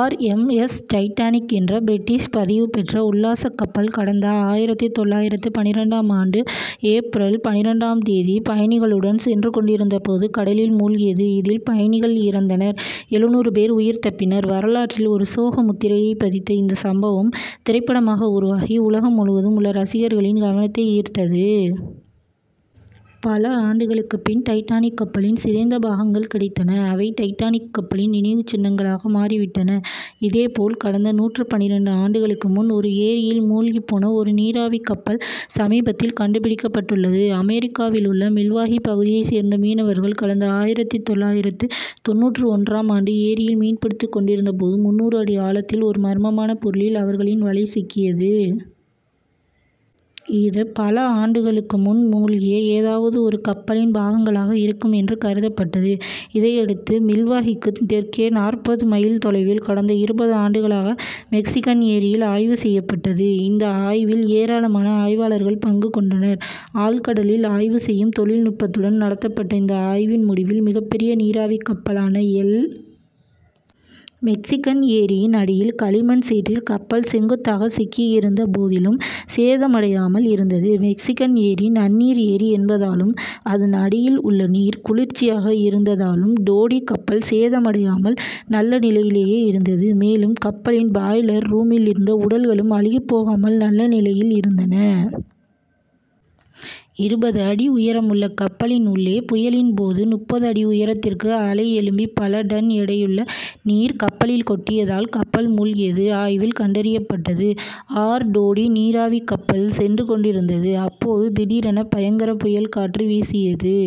R. M. S., Titanic என்ற British பதிவு பெற்ற உல்லாசக் கப்பல், கடந்த ஆயிரத்து தொள்ளாயிரத்து பன்னிரண்டாம் ஆண்டு ஏப்ரல் பன்னிரண்டாம் தேதி பயணிகளுடன் சென்று கொண்டிருந்த போது, கடலில் மூழ்கியது. இதில் பயணிகள் இறந்தனர் எழுநூறு பேர் உயிர் தப்பினர். வரலாற்றில் ஒரு சோக முத்திரையை பதித்த இந்த சம்பவம் திரைப்படமாக உருவாகி, உலகம் முழுவதும் உள்ள ரசிகர்களின் கவனத்தை ஈர்த்தது. பல ஆண்டுகளுக்கு பின், டைட்டானிக் கப்பலின் சிதைந்த பாகங்கள் கிடைத்தன. அவை டைட்டானிக் கப்பலின் நினைவுச் சின்னங்களாக மாறிவிட்டன. இதேபோல், கடந்த நூற்று பன்னிரண்டு ஆண்டுகளுக்கு முன் ஒரு ஏரியில் மூழ்கிப்போன ஒரு நீராவிக் கப்பல் சமீபத்தில் கண்டுபிடிக்கப்பட்டுள்ளது. அமெரிக்காவில் உள்ள, மில்வாகி பகுதியைச் சேர்ந்த மீனவர்கள், கடந்த ஆயிரத்து தொள்ளாயிரத்து தொண்ணூற்று ஒன்றாம் ஆண்டு ஏரியில் மீன் பிடித்துக் கொண்டிருந்தபோது முந்நூறு அடி ஆழத்தில் ஒரு மர்மமான பொருளில் அவர்களின் வலை சிக்கியது. இது, பல ஆண்டுகளுக்கு முன் மூழ்கிய ஏதாவது ஒரு கப்பலின் பாகங்களாக இருக்கும் என்று கருதப்பட்டது. இதையடுத்து, மில்வாகிக்கு தெற்கே நாற்பது மைல் தொலைவில், கடந்த இருபது ஆண்டுகளாக மெக்சிகன் ஏரியில் ஆய்வு செய்யப்பட்டது. இந்த ஆய்வில் ஏராளமான ஆய்வாளர்கள் பங்கு கொண்டனர். ஆழ்கடலில் ஆய்வு செய்யும் தொழில் நுட்பத்துடன் நடத்தப்பட்ட இந்த ஆய்வின் முடிவில், மிகப்பெரிய நீராவிக் கப்பலான எல். மெக்சிகன் ஏரியின் அடியில் களிமண் சேற்றில் கப்பல் செங்குத்தாக சிக்கியிருந்த போதிலும் சேதமடையாமல் இருந்தது. மெக்சிகன் ஏரி நன்னீர் ஏரி என்பதாலும், அதன் அடியில் உள்ள நீர் குளிர்ச்சியாக இருந்ததாலும் டோடி கப்பல் சேதமடையாமல், நல்ல நிலையிலேயே இருந்தது. மேலும், கப்பலின் பாய்லர் ரூமில் இருந்த உடல்களும், அழுகிப் போகாமல் நல்ல நிலையில் இருந்தன. இருபது அடி உயரம் உள்ள கப்பலின் உள்ளே, புயலின் போது முப்பது அடி உயரத்திற்கு அலை எழும்பி பல டன் எடையுள்ள நீர் கப்பலில் கொட்டியதால் கப்பல் மூழ்கியது ஆய்வில் கண்டறியப்பட்டது. ஆர். டோடி நீராவிக் கப்பல் சென்று கொண்டிருந்தது. அப்போது, திடீரென பயங்கர புயல் காற்று வீசியது.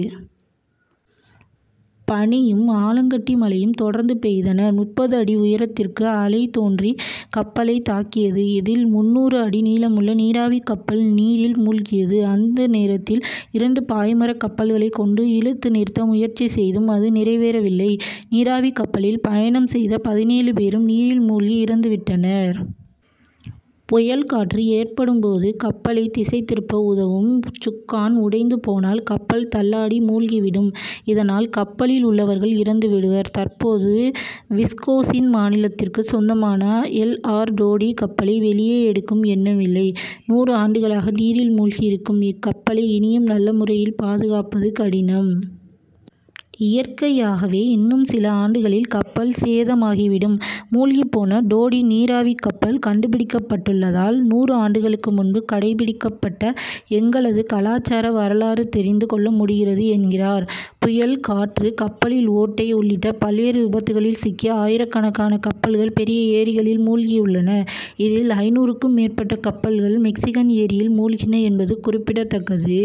பனியும், ஆலங்கட்டி மழையும் தொடர்ந்து பெய்தன. முப்பது அடி உயரத்திற்கு அலை தோன்றி கப்பலை தாக்கியது. இதில் முந்நூறு அடி நீளமுள்ள நீராவிக் கப்பல் நீரில் மூழ்கியது. அந்த நேரத்தில் இரண்டு பாய்மரக்கப்பல்களை கொண்டு இழுத்து நிறுத்த முயற்சி செய்தும் அது நிறைவேறவில்லை. நீராவிக் கப்பலில் பயணம் செய்த பதினேழு பேரும் நீரில் மூழ்கி இறந்து விட்டனர். புயல் காற்று ஏற்படும் போது கப்பலை திசை திருப்ப உதவும் சுக்கான் உடைந்து போனால் கப்பல் தள்ளாடி மூழ்கி விடும். இதனால் கப்பலில் உள்ளவர்கள் இறந்து விடுவர். தற்போது விஸ்கோசின் மாநிலத்திற்கு சொந்தமான எல். ஆர். டோடி கப்பலை வெளியே எடுக்கும் எண்ணமில்லை. நூறு ஆண்டுகளாக நீரில் மூழ்கி இருக்கும் இக்கப்பலை இனியும் நல்ல முறையில் பாதுகாப்பது கடினம். இயற்கையாகவே இன்னும் சில ஆண்டுகளில் கப்பல் சேதமாகிவிடும். மூழ்கிப்போன டோடி நீராவிக் கப்பல் கண்டுபிடிக்கப்பட்டுள்ளதால், நூறு ஆண்டுகளுக்கு முன்பு கடைபிடிக்கப்பட்ட எங்களது கலாசார வரலாறு தெரிந்து கொள்ள முடிகிறது என்கிறார். புயல் காற்று, கப்பலில் ஓட்டை உள்ளிட்ட பல்வேறு விபத்துக்களில் சிக்கி ஆயிரக்கணக்கான கப்பல்கள் பெரிய ஏரிகளில் மூழ்கியுள்ளன. இதில் ஐந்நூறுக்கும் மேற்பட்ட கப்பல்கள் மெக்சிகன் ஏரியில் மூழ்கின என்பது குறிப்பிடத்தக்கது.